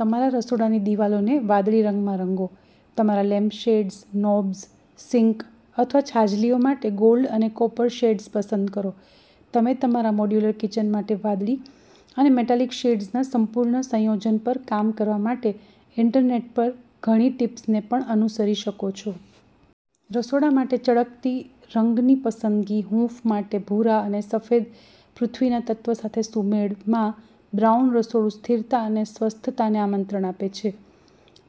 તમારા રસોડાની દિવાલોને વાદળી રંગમાં રંગો. તમારા લેમ્પશેડ્સ, નોબ્સ, સિંક અથવા છાજલીઓ માટે ગોલ્ડ અને કોપર શેડ્સ પસંદ કરો. તમે તમારા મોડ્યુલર કિચન માટે વાદળી અને મેટાલિક શેડ્સના સંપૂર્ણ સંયોજન પર કામ કરવા માટે ઇન્ટરનેટ પર ઘણી ટીપ્સને પણ અનુસરી શકો છો. રસોડા માટે ચળકતી રંગની પસંદગી હૂંફ માટે ભૂરા અને સફેદ પૃથ્વીના તત્વ સાથે સુમેળમાં બ્રાઉન રસોડું સ્થિરતા અને સ્વસ્થતાને આમંત્રણ આપે છે.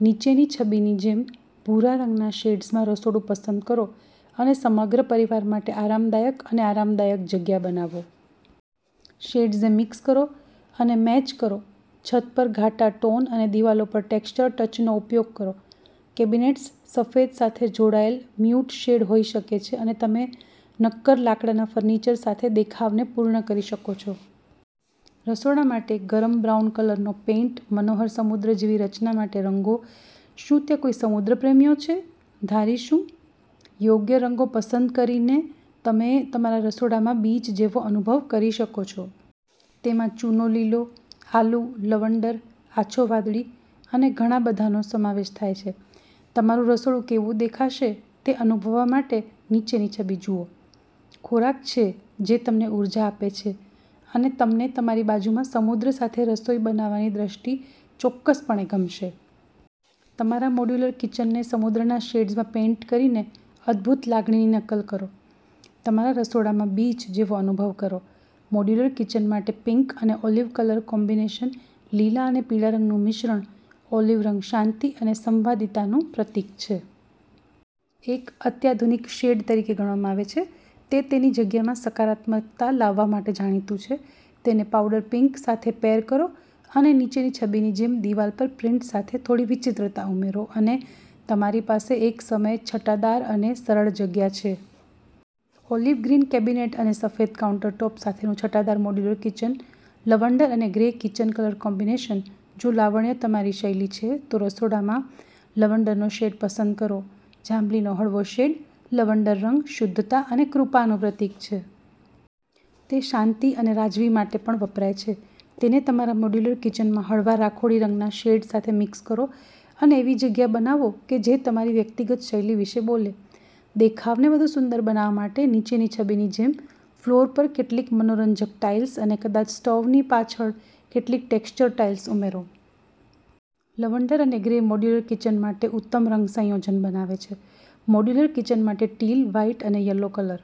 નીચેની છબીની જેમ, ભૂરા રંગના શેડ્સમાં રસોડું પસંદ કરો અને સમગ્ર પરિવાર માટે આરામદાયક અને આરામદાયક જગ્યા બનાવો. શેડ્સને મિક્સ કરો અને મેચ કરોછત પર ઘાટા ટોન અને દિવાલો પર ટેક્ષ્ચર ટચનો ઉપયોગ કરો. કેબિનેટ્સ સફેદ સાથે જોડાયેલ મ્યૂટ શેડ હોઈ શકે છે, અને તમે નક્કર લાકડાના ફર્નિચર સાથે દેખાવને પૂર્ણ કરી શકો છો. રસોડા માટે ગરમ બ્રાઉન કલરનો પેઇન્ટ મનોહર સમુદ્ર જેવી રચના માટે રંગો શું ત્યાં કોઈ સમુદ્ર પ્રેમીઓ છે? ધારી શું? યોગ્ય રંગો પસંદ કરીને તમે તમારા રસોડામાં બીચ જેવો અનુભવ કરી શકો છો. તેમાં ચૂનો લીલો, આલૂ, લવંડર, આછો વાદળી અને ઘણા બધાનો સમાવેશ થાય છે. તમારું રસોડું કેવું દેખાશે તે અનુભવવા માટે નીચેની છબી જુઓ. ખોરાકછે જે તમને ઉર્જા આપે છે, અને તમને તમારી બાજુમાં સમુદ્ર સાથે રસોઈ બનાવવાની દૃષ્ટિ ચોક્કસપણે ગમશે. તમારા મોડ્યુલર કિચનને સમુદ્રના શેડ્સમાં પેઇન્ટ કરીનેઅદ્ભુત લાગણીની નકલ કરો. તમારા રસોડામાં બીચ જેવો અનુભવ કરો મોડ્યુલર કિચન માટે પિંક અને ઓલિવ કલર કોમ્બિનેશન લીલા અને પીળા રંગનું મિશ્રણ, ઓલિવ રંગ શાંતિ અને સંવાદિતાનું પ્રતીક છે. એક અત્યાધુનિક શેડ તરીકે ગણવામાં આવે છે, તે તેની જગ્યામાં સકારાત્મકતા લાવવા માટે જાણીતું છે. તેને પાઉડર પિંક સાથે પેર કરો અને નીચેની છબીની જેમદિવાલ પર પ્રિન્ટ સાથે થોડી વિચિત્રતા ઉમેરો અને તમારી પાસે એકસમયે છટાદાર અને સરળ જગ્યા છે. ઓલિવ ગ્રીન કેબિનેટ અને સફેદ કાઉન્ટરટૉપ સાથેનું છટાદાર મોડ્યુલર કિચન. લવંડર અને ગ્રે કિચન કલર કોમ્બિનેશન જો લાવણ્ય તમારી શૈલી છે, તો તમારા રસોડામાં લવંડરનો શેડ પસંદ કરો. જાંબલીનો હળવો શેડ, લવંડર રંગ, શુદ્ધતા અને કૃપાનું પ્રતીક છે. તે શાંતિ અને રાજવી માટે પણ વપરાય છે. તેને તમારા મોડ્યુલર કિચનમાં હળવા રાખોડી રંગના શેડ સાથે મિક્સ કરો અને એવી જગ્યા બનાવો કે જે તમારી વ્યક્તિગત શૈલી વિશે બોલે. દેખાવને વધુ સુંદર બનાવવા માટે, નીચેની છબીની જેમ, ફ્લોર પર કેટલીક મનોરંજક ટાઇલ્સ અને કદાચ સ્ટોવની પાછળ કેટલીક ટેક્ષ્ચર ટાઇલ્સ ઉમેરો. લવંડર અને ગ્રે મોડ્યુલર કિચન માટે ઉત્તમ રંગ સંયોજન બનાવે છે. મોડ્યુલર કિચન માટે ટીલ, વ્હાઇટ અને યલો કલર